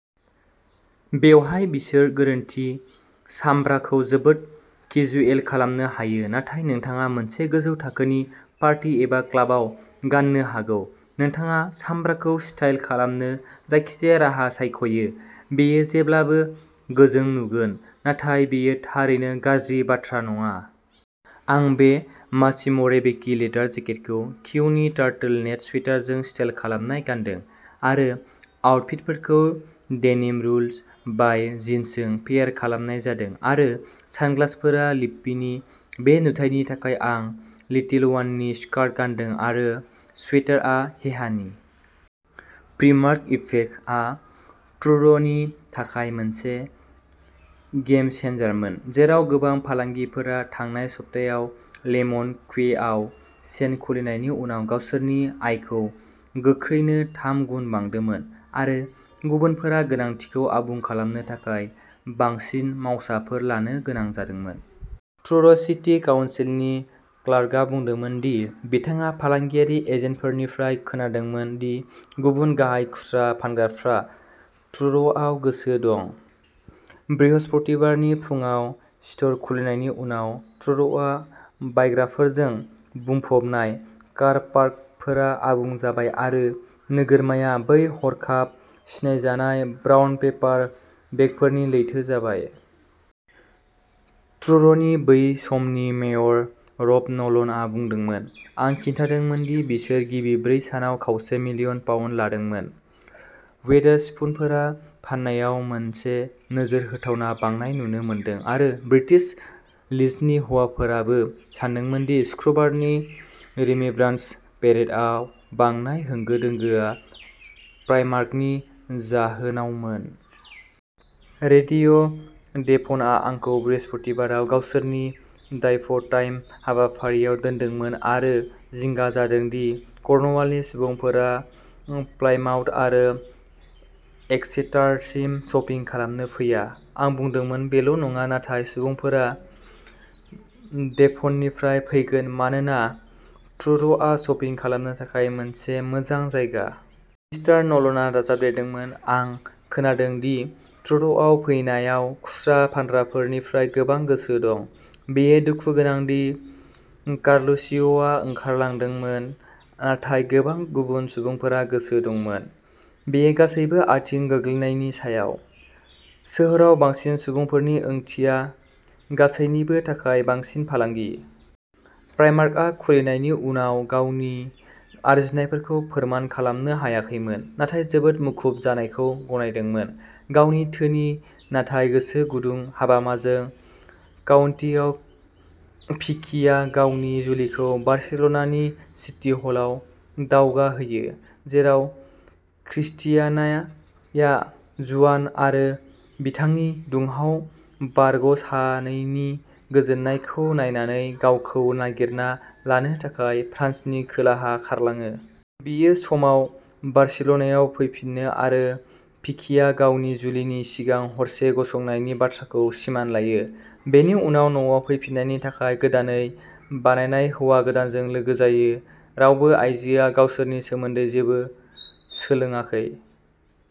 बेवहाय बिसोर गोरोन्थि। सामब्राखौ जोबोद केजुएल खालामनो हायो नाथाय नोंथाङा मोनसे गोजौ थाखोनि पार्टी एबा क्लाबाव गान्नो हागौ। नोंथाङा सामब्राखौ स्टाइल खालामनो जायखिजाया राहा सायख'यो, बेयो जेब्लाबो गोजों नुगोन, नाथाय बेयो थारैनो गाज्रि बाथ्रा नङा। आं बे मासिम'रेबेकि लेदार जेकेटखौ क्यूनि टार्टल नेक स्वेटारजों स्टाइल खालामनाय गानदों। बे आउटफिटफोरखौ डेनिम रुल्स बाइ जिन्सजों पेयार खालामनाय जादों आरो सानग्लासफोरा लिप्पिनि। बे नुथायनि थाखाय आं लिटिल वाननि स्कार्ट गानदों आरो स्वेटारआ हेहानि। "प्रिमार्क इफेक्ट" आ ट्रुर'नि थाखाय मोनसे गेम-चेन्जारमोन, जेराव गोबां फालांगिफोरा थांनाय सप्तायाव लेमन क्वेआव चेन खुलिनायनि उनाव गावसोरनि आयखौ गोख्रैनो थाम गुन बांदोंमोन आरो गुबुनफोरा गोनांथिखौ आबुं खालामनो थाखाय बांसिन मावसाफोर लानो गोनां जादोंमोन। ट्रुर'सिटी काउन्सिलनि क्लार्कआ बुंदोंमोन दि बिथाङा फालांगियारि एजेन्टफोरनिफ्राय खोनादोंमोन दि गुबुन गाहाय खुस्रा फानग्राफ्रा ट्रुर'आव गोसो दं। बृहस्पतिबारनि फुंआव स्ट'र खुलिनायनि उनाव, ट्रुर'आ बायग्राफोरजों बुंफबनाय, कार पार्कफोरा आबुं जाबाय आरो नोगोरमाया बै हरखाब सिनायजानाय ब्राउन पेपार बेगफोरनि लैथो जाबाय। ट्रुर'नि बै समनि मेयर, रब न'लनआ बुंदोंमोनः "आं खिन्थादोंमोन दि बिसोर गिबि ब्रै सानाव खावसे मिलियन पाउन्ड लादोंमोन, वेदारस्पुनफोरा फाननायाव मोनसे'नोजोर होथावना'बांनाय नुनो मोनदों आरो ब्रिटिश लिजननि हौवाफोराबो सानदोंमोन दि सुक्रुबारनि रिमेम्ब्रान्स पेरेडआव बांनाय होंगो-दोंगोआ प्राइमार्कनि जाहोनावमोन। "रेडिय'डेभ'नआ आंखौ बृहस्पतिबाराव गावसोरनि ड्राइभटाइम हाबाफारिआव दोनदोंमोन, आरो जिंगा जादों दि कर्नवालनि सुबुंफोरा प्लायमाउथ आरो एक्सेटारसिम शपिं खालामनो फैया। आं बुंदोंमोन,'बेल'नङा, नाथाय सुबुंफोरा डेभननिफ्राय फैगोन मानोना ट्रुर'आ शपिं खालामनो थाखाय मोनसे मोजां जायगा। " मिस्टार न'लनआ दाजाबदेरदोंमोनः "आं खोनादों दि ट्रुर'आव फैनायाव खुस्रा फानग्राफोरनिफ्राय गोबां गोसो दं। बेयो दुखु गोनां दि कार्लुचिय'आ ओंखारलांदोंमोन, नाथाय गोबां गुबुन सुबुंफोरा गोसो दंमोन। " बेयो गासैबो आथिं गोग्लैनायनि सायाव, सोहोराव बांसिन सुबुंफोरनि ओंथिया गासैनिबो थाखाय बांसिन फालांगि। "प्राइमार्कआ खुलिनायनि उनाव गावनि आर्जिनायफोरखौ फोरमान खालामनो हायाखैमोन नाथाय जोबोद मुखुब जानायखौ गनायदोंमोन। गावनि धोनि नाथाय गोसो गुदुं हाबामाजों काउन्टीआव, भिकिया गावनि जुलिखौ बार्सिल'नानि सिटी हलआव दावगाहोयो, जेराव क्रिस्टियानाया, जुआन आरो बिथांनि दुंहाव बारग'सानैनि गोजोननायखौ नायनानै, गावखौ "नागिरना" लानो थाखाय फ्रान्सनि खोलाहा खारलाङो। बियो समाव बार्सिल'नायाव फैफिनो आरो भिकिया गावनि जुलिनि सिगां हरसे गसंनायनि बाथ्राखौ सिमान लायो, बेनि उनाव न'आव फैफिन्नायनि थाखाय गोदानै बानायनाय हौवा गोदानजों लोगो जायो, रावबो आइजोआ गावसोरनि सोमोन्दै जेबो सोलोङाखै।